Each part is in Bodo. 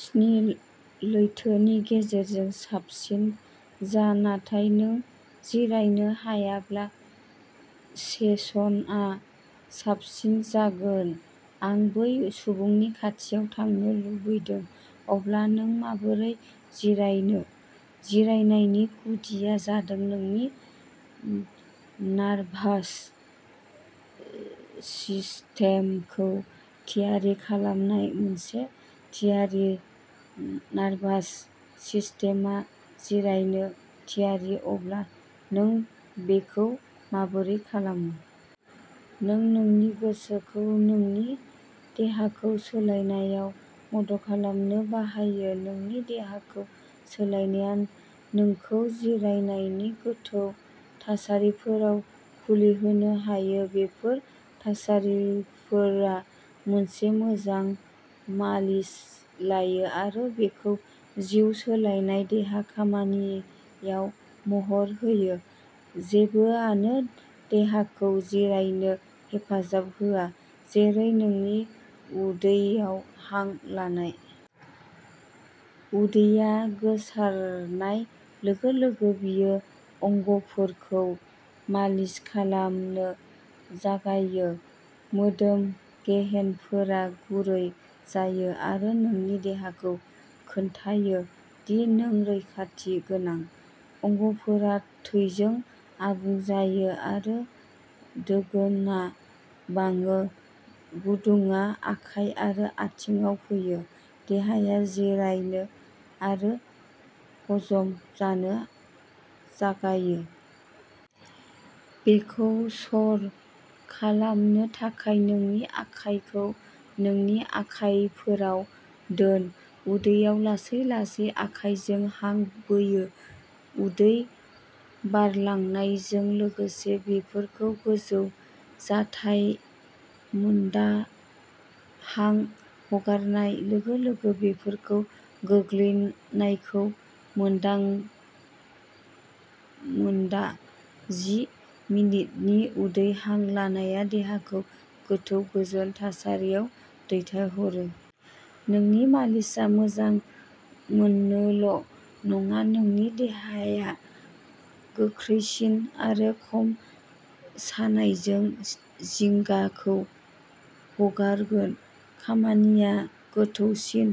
स्नि लैथोनि गेजेरजों साबसिन जा, नाथाय नों जिरायनो हायाब्ला, सेसनआ साबसिन जागोन। आं बै सुबुंनि खाथियाव थांनो लुबैदों। अब्ला नों माबोरै जिरायनो? जिरायनायनि गुदिया जादों नोंनि नार्भास सिस्टेमखौ थियारि खालामनाय। मोनसे थियारि नार्भास सिस्टेमआ जिरायनो थियारि अब्ला नों बेखौ माबोरै खालामो? नों नोंनि गोसोखौ नोंनि देहाखौ सोलायनायाव मदद खालामनो बाहायो। नोंनि देहाखौ सोलायनाया नोंखौ जिरायनायनि गोथौ थासारिफोराव खुलिहोनो हायो। बेफोर थासारिफोरा मोनसे मोजां मालिस लायो आरो बेखौ जिउ सोलायनाय देहा खामानिआव महर होयो। जेबोआनो देहाखौ जिरायनो हेफाजाब होआ जेरै नोंनि उदैयाव हां लानाय। उदैया गोसारनाय लोगो-लोगो बेयो अंगफोरखौ मालिस खालामनो जागायो। मोदोम-गेहेनफोरा गुरै जायो आरो नोंनि देहाखौ खोन्थायो दि नों रैखाथि गोनां। अंगफोरा थैजों आबुं जायो आरो दोगोनआ बाङो। गुदुंआ आखाइ आरो आथिंआव फैयो। देहाया जिरायनो आरो हजम जानो जागायो। बेखौ सर खालामनो थाखाय, नोंनि आखाइखौ नोंनि आखायफोराव दोन। उदैयाव लासै-लासै आखाइजों हां बोयो। उदै बारलांनायजों लोगोसे बेफोरखौ गोजौ जाथाय मोनदा हां हगारनाय लोगो-लोगो बेफोरखौ गोग्लैनायखौ मोनदां मोनदा जि मिनिटनि उदै हां लानाया देहाखौ गोथौ गोजोन थासारियाव दैथायहरो। नोंनि मालिसआ मोजां मोननोल' नङा, नोंनि देहाया गोख्रैसिन आरो खम सानायजों जिंगाखौ हगारगोन। खामानिया गोथौसिन,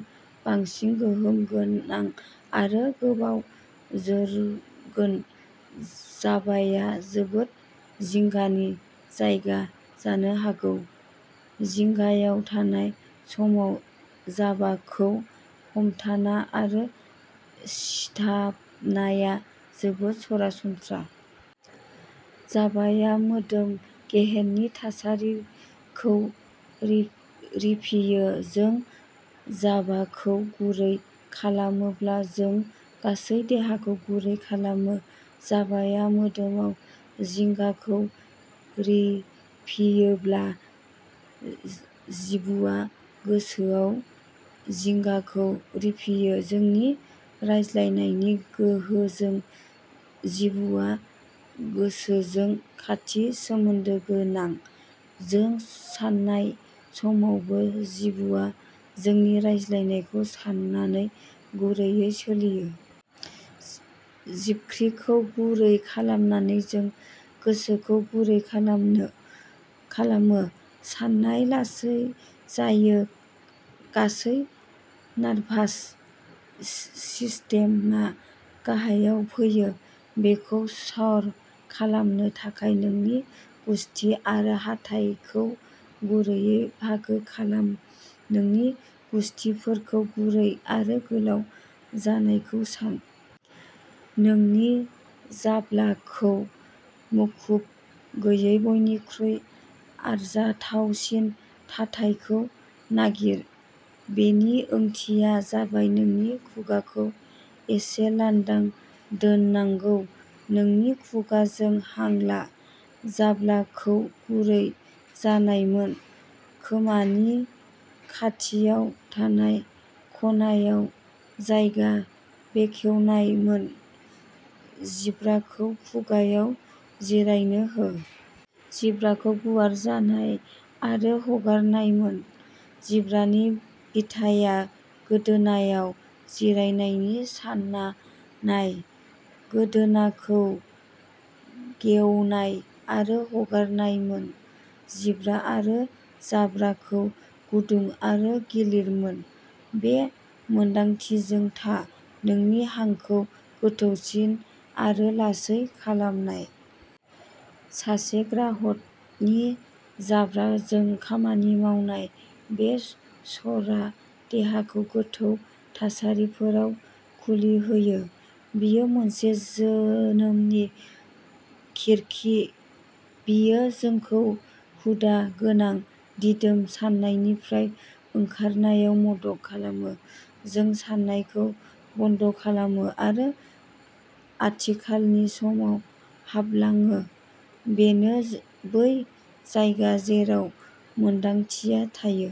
बांसिन गोहोम गोनां आरो गोबाव जोरगोन। जाबाया जोबोद जिंगानि जायगा जानो हागौ। जिंगायाव थानाय समाव, जाबाखौ हमथाना आरो सिथाबनाया जोबोद सरासनस्रा। जाबाया मोदोम गेहेननि थासारिखौ रिफियो। जों जाबाखौ गुरै खालामोब्ला जों गासै देहाखौ गुरै खालामो। जाबाया मोदोमाव जिंगाखौ रिफियोब्ला, जिबुआ गोसोआव जिंगाखौ रिफियो। जोंनि रायज्लायनायनि गोहोजों, जिबुआ गोसोजों खाथि सोमोन्दो गोनां। जों सान्नाय समावबो, जिबुआ जोंनि रायज्लायनायखौ सान्नानै गुरैयै सोलियो। जिबख्रिखौ गुरै खालामनानै, जों गोसोखौ गुरै खालामनो खालामो। साननाय लासै जायो। गासै नार्भास सिस्टेमआ गाहायाव फैयो। बेखौ सर' खालामनो थाखाय, नोंनि गुसथि आरो हाथाइखौ गुरैयै बाहागो खालाम। नोंनि गुसथिफोरखौ गुरै आरो गोलाव जानायखौ सान। नोंनि जाब्लाखौ मुखुब गैयै बयनिख्रुइ आरजाथावसिन थाथायखौ नागिर। बेनि ओंथिया जाबाय नोंनि खुगाखौ एसे लांदां दोननांगौ। नोंनि खुगाजों हां ला। जाब्लाखौ गुरै जानाय मोन। खोमानि खाथियाव थानाय खनायाव जायगा बेखेवनाय मोन। जिब्राखौ खुगाआव जिरायनो हो। जिब्राखौ गुवार जानाय आरो हगारनाय मोन। जिब्रानि बिथाया गोदोनाआव जिरायनायनि सानना नाय। गोदोनाखौ गेवनाय आरो हगारनाय मोन। जिब्रा आरो जाब्राखौ गुदुं आरो गिलिर मोन। बे मोनदांथिजों था, नोंनि हांखौ गोथौसिन आरो लासै खालामनाय। सासे ग्राहकनि जाब्लाजों खामानि मावनाय। बे सर'आ देहाखौ गोथौ थासारिफोराव खुलि होयो। बेयो मोनसे जोनोमनि खिरखि। बेयो जोंखौ हुदा गोनां, दिदोम साननायनिफ्राय ओंखारनायाव मदद खालामो। जों सान्नायखौ बन्द'खालामो आरो आथिखालनि समाव हाबलाङो। बेनो बै जायगा जेराव मोन्दांथिया थायो।